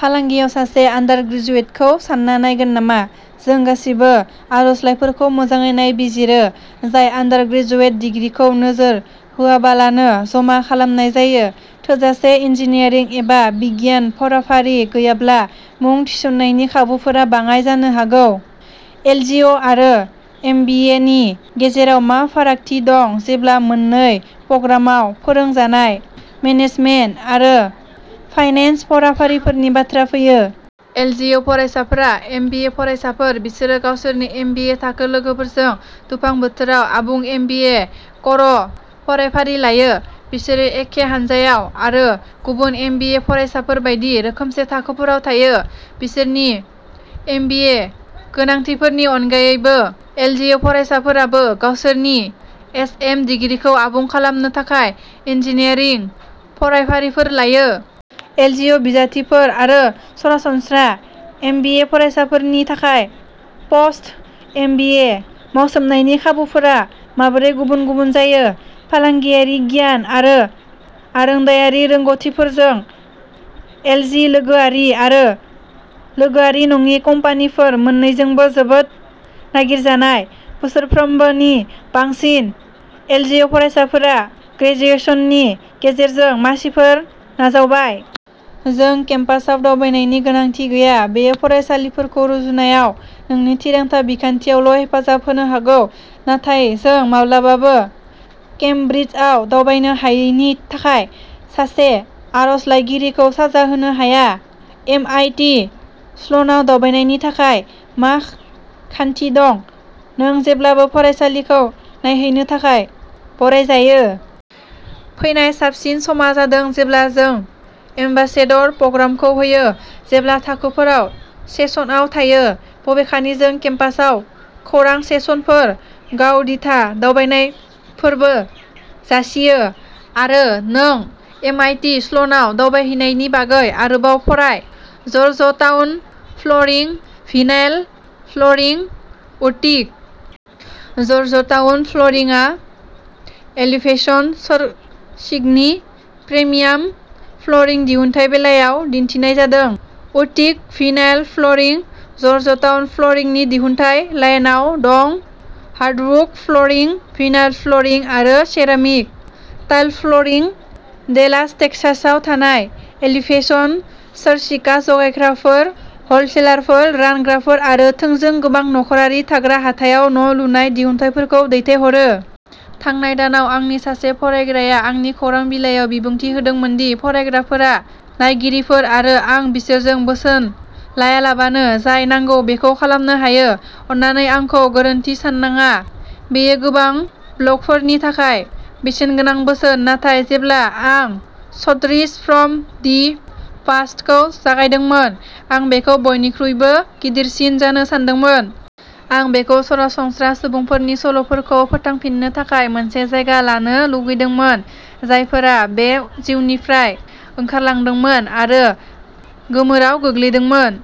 फालांगियाव सासे आन्डारग्रेजुएटखौ सान्ना नायगोन नामा? जों गासिबो आर'जलाइफोरखौ मोजाङै नायबिजिरो जाय आन्डारग्रेजुएट दिग्रिखौ नोजोर होआलाबानो जमा खालामनाय जायो; थोजासे इन्जिनियारिं एबा बिगियान फरायफारि गैयाब्ला मुं थिसननायनि खाबुफोरा बाङाइ जानो हागौ। एलजिअ'आरो एमबिएनि गेजेराव मा फारागथि दं जेब्ला मोन्नै प्रग्रामाव फोरोंजानाय मेनेजमेन्ट आरो फाइनेन्स फरायफारिफोरनि बाथ्रा फैयो? एलजिअ'फरायसाफ्रा एमबिए फरायसाफोर। बिसोरो गावसोरनि एमबिए थाखो लोगोफोरजों दुफां बोथोराव आबुं एमबिए क'र फरायफारि लायो; बिसोरो एखे हान्जायाव आरो गुबुन एमबिए फरायसाफोर बायदि रोखोमसे थाखोफोराव थायो। बिसोरनि एमबिए गोनांथिफोरनि अनगायैबो, एलजिअ'फरायसाफोराबो गावसोरनि एसएम दिग्रिखौ आबुं खालामनो थाखाय इन्जिनियारिं फरायफारिफोर लायो। एलजिअ'बिजाथिफोर आरो सरासनस्रा एमबिए फरायसाफोरनि थाखाय पोस्ट-एमबिए मावसोमनायनि खाबुफोरा माबोरै गुबुन-गुबुन जायो? फालांगियारि गियान आरो आरोंदायारि रोंग'थिफोरजों, एलजि लोगोआरि आरो लोगोआरि नङि कम्पानिफोर मोननैजोंबो जोबोद नागिरजानाय। बोसोरफ्रोमबो नि बांसिन एलजिअ'फरायसाफोरा ग्रेजुएशननि गेजेरजों मासिफोर नाजावबाय। जों केम्पासआव दावबायनायनि गोनांथि गैया। बेयो फरायसालिफोरखौ रुजुननायाव नोंनि थिरांथा बिखान्थियावल'हेफाजाब होनो हागौ, नाथाय जों माब्लाबाबो केमब्रिजआव दावबायनो हायैनि थाखाय सासे आर'जलाइगिरिखौ साजा होनो हाया। एमआइटि स्ल'नाव दावबायनायनि थाखाय मा खान्थि दं? नों जेब्लाबो फरायसालिखौ नायहैनो थाखाय बरायजायो। फैनाय साबसिन समा जादों जेब्ला जों एम्बासेडर प्रग्रामखौ होयो जेब्ला थाखोफोरा सेसनआव थायो। बबेखानि, जों केम्पासआव खौरां सेसनफोर, गाव-दिथा दावबायनायफोरबो जासियो, आरो नों एमआइटि स्ल'नाव दावबायहैनायनि बागै आरोबाव फराय। जर्जटाउन फ्ल'रिं, भिनाइल फ्ल'रिं उडटिक। जर्जटाउन फ्ल'रिंआ एलिभेशन सोर्सिंगनि प्रिमियाम फ्ल'रिं दिहुनथाय। बेयाव दिन्थिनाय जादों उडटिक भिनाइल फ्ल'रिं। जर्जटाउन फ्ल'रिंनि दिहुनथाय। लाइनआव दं, हार्डवुड फ्ल'रिं, भिनाइल फ्ल'रिं, आरो सेरामिक/टाइल फ्ल'रिं। डेलास टेक्सासआव थानाय एलिभेशन सोर्सिंगआ, जगायग्राफोर, हलसेलारफोर, रानग्राफोर, आरो थोंजों गोबां नखरारि थाग्रा हाथाइआव न'लुनाय दिहुनथायफोरखौ दैथायहरो। थांनाय दानाव, आंनि सासे फरायग्राया आंनि खौरां बिलाइयाव बिबुंथि होदोंमोन दि फरायगिरिफोरा नायगिरिफोर, आरो आं बिसोरजों बोसोन लायालाबानो जाय नांगौ बेखौ खालामनो हायो। अन्नानै आंखौ गोरोन्थि साननाङा, बेयो गोबां ब्लगफोरनि थाखाय बेसेनगोनां बोसोन, नाथाय जेब्ला आं स्ट'रीज फ्रम दि पास्टखौ जागायदोंमोन, आं बेखौ बेनिख्रुइबो गिदिरसिन जानो सानदोंमोन। आं बेखौ "सरासनस्रा" सुबुंफोरनि सल'फोरखौ फोथांफिन्नो थाखाय मोनसे जायगा जानो लुगैदोंमोन, जायफोरा बे जिउनिफ्राय ओंखारलांदोंमोन आरो गोमोराव गोग्लैदोंमोन।